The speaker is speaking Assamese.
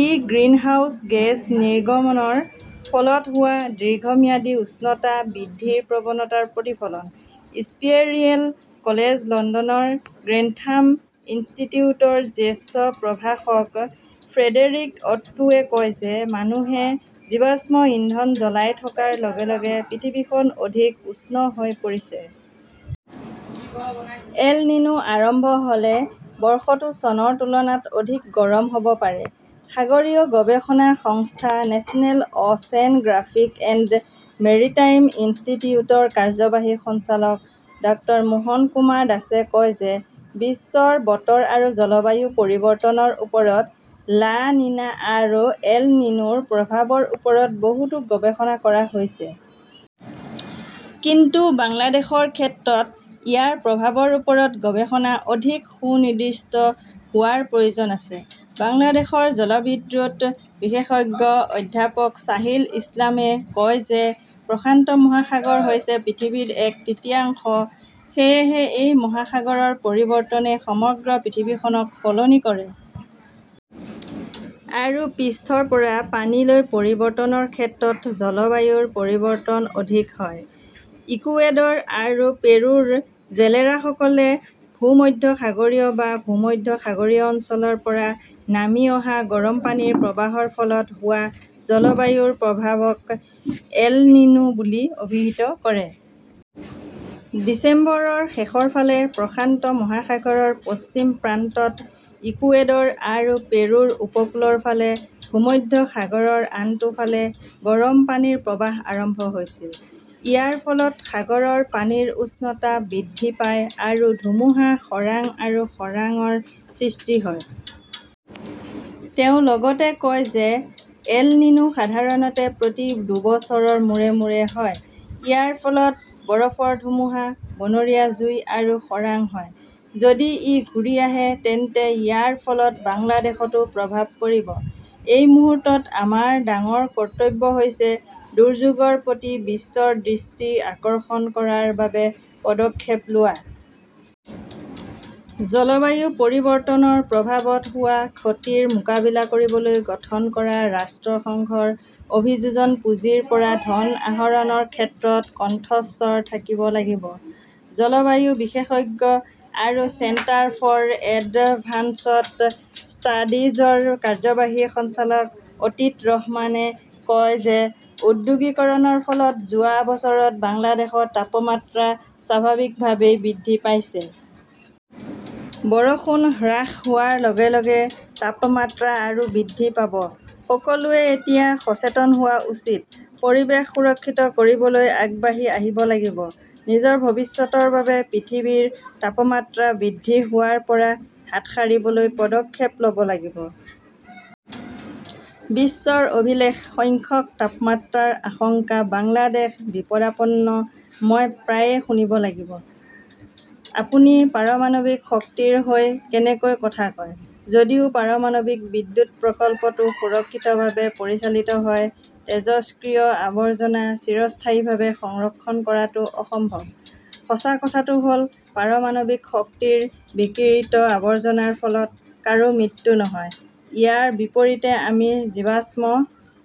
ই গ্ৰিনহাউজ গেছ নিৰ্গমনৰ ফলত হোৱা দীৰ্ঘম্যাদী উষ্ণতা বৃদ্ধিৰ প্ৰৱণতাৰ প্ৰতিফলন। ইম্পেৰিয়েল কলেজ লণ্ডনৰ গ্ৰেন্থাম ইনষ্টিটিউটৰ জ্যেষ্ঠ প্ৰভাষক ফ্ৰেডেৰিক অট্টোৱে কয় যে মানুহে জীৱাশ্ম ইন্ধন জ্বলাই থকাৰ লগে লগে পৃথিৱীখন অধিক উষ্ণ হৈ পৰিছে। এল নিনো আৰম্ভ হ "লে বৰ্ষটো চনৰ তুলনাত অধিক গৰম হ" ব পাৰে। সাগৰীয় গৱেষণা সংস্থা National "Oceanographic and Maritime ইনষ্টিটিউটৰ কাৰ্যবাহী সঞ্চালক ডাঃ মোহন কুমাৰ দাসে কয় যে বিশ্বৰ বতৰ আৰু জলবায়ু পৰিৱৰ্তনৰ ওপৰত লা নিনা আৰু এল নিনোৰ প্ৰভাৱৰ ওপৰত বহুতো গৱেষণা কৰা হৈছে। কিন্তু বাংলাদেশৰ ক্ষেত্ৰত ইয়াৰ প্ৰভাৱৰ ওপৰত গৱেষণা অধিক সুনিৰ্দিষ্ট হোৱাৰ প্ৰয়োজন আছে। বাংলাদেশৰ জলবিদ্যুৎ বিশেষজ্ঞ অধ্যাপক ছাহিল ইছলামই কয় যে প্ৰশান্ত মহাসাগৰ হৈছে পৃথিৱীৰ এক তৃতীয়াংশ। সেয়েহে এই মহাসাগৰৰ পৰিৱৰ্তনে সমগ্ৰ পৃথিৱীখনক সলনি কৰে। আৰু পৃষ্ঠৰ পৰা পানীলৈ পৰিৱৰ্তনৰ ক্ষেত্ৰত জলবায়ুৰ পৰিৱৰ্তন অধিক হয়। ইকুৱেডৰ আৰু পেৰুৰ জেলেৰাসকলে ভূমধ্যসাগৰীয় বা ভূমধ্যসাগৰীয় অঞ্চলৰ পৰা নামি অহা গৰম পানীৰ প্ৰবাহৰ ফলত হোৱা জলবায়ুৰ প্ৰভাৱক 'এল নিনো' বুলি অভিহিত কৰে। ডিচেম্বৰৰ শেষৰ ফালে প্ৰশান্ত মহাসাগৰৰ পশ্চিম প্ৰান্তত ইকুৱেডৰ আৰু পেৰুৰ উপকূলৰ ফালে ভূমধ্যসাগৰৰ আনটো ফালে গৰম পানীৰ প্ৰৱাহ আৰম্ভ হৈছিল। ইয়াৰ ফলত সাগৰৰ পানীৰ উষ্ণতা বৃদ্ধি পায় আৰু ধুমুহা, খৰাং আৰু খৰাংৰ সৃষ্টি হয়। তেওঁ লগতে কয় যে এল নিনো সাধাৰণতে প্ৰতি দুবছৰৰ মূৰে মূৰে হয়। ইয়াৰ ফলত বৰফৰ ধুমুহা, বনৰীয়া জুই আৰু খৰাং হয়। যদি ই ঘূৰি আহে তেন্তে ইয়াৰ ফলত বাংলাদেশতো প্ৰভাৱ পৰিব। এই মুহূৰ্তত আমাৰ ডাঙৰ কৰ্তব্য হৈছে দুৰ্যোগৰ প্ৰতি বিশ্বৰ দৃষ্টি আকৰ্ষণ কৰাৰ বাবে পদক্ষেপ লোৱা। জলবায়ু পৰিৱৰ্তনৰ প্ৰভাৱত হোৱা ক্ষতিৰ মোকাবিলা কৰিবলৈ গঠন কৰা ৰাষ্ট্ৰসংঘৰ অভিযোজন পুঁজিৰ পৰা ধন আহৰণৰ ক্ষেত্ৰত কণ্ঠস্বৰ থাকিব লাগিব। জলবায়ু বিশেষজ্ঞ আৰু চেণ্টাৰ ফৰ এডভান্সড ষ্টাডিজৰ কাৰ্যবাহী সঞ্চালক অতীক ৰহমানে কয় যে ঔদ্যোগিকৰণৰ ফলত যোৱা বছৰত বাংলাদেশৰ তাপমাত্ৰা স্বাভাৱিকভাৱেই বৃদ্ধি পাইছে। বৰষুণ হ্ৰাস হোৱাৰ লগে লগে তাপমাত্ৰা আৰু বৃদ্ধি পাব। সকলোৱে এতিয়া সচেতন হোৱা উচিত। পৰিৱেশ সুৰক্ষিত কৰিবলৈ আগবাঢ়ি আহিব লাগিব। নিজৰ ভৱিষ্যতৰ বাবে পৃথিৱীৰ তাপমাত্ৰা বৃদ্ধি হোৱাৰ পৰা হাত সাৰিবলৈ পদক্ষেপ ল "ব লাগিব। বিশ্বৰ অভিলেখ সংখ্যক তাপমাত্ৰাৰ আশংকা, বাংলাদেশ বিপদাপন্ন মই প্ৰায়ে শুনিব লাগিব, "আপুনি পাৰমাণৱিক শক্তিৰ হৈ কেনেকৈ কথা কয়? যদিও পাৰমাণৱিক বিদ্যুৎ প্ৰকল্পটো সুৰক্ষিতভাৱে পৰিচালিত হয়, তেজস্ক্ৰিয় আৱৰ্জনা চিৰস্থায়ীভাৱে সংৰক্ষণ কৰাটো অসম্ভৱ। "সঁচা কথাটো হ" ল, পাৰমাণৱিক শক্তিৰ বিকিৰিত আৱৰ্জনাৰ ফলত কাৰো মৃত্যু নহয়। ইয়াৰ বিপৰীতে আমি জীৱাশ্ম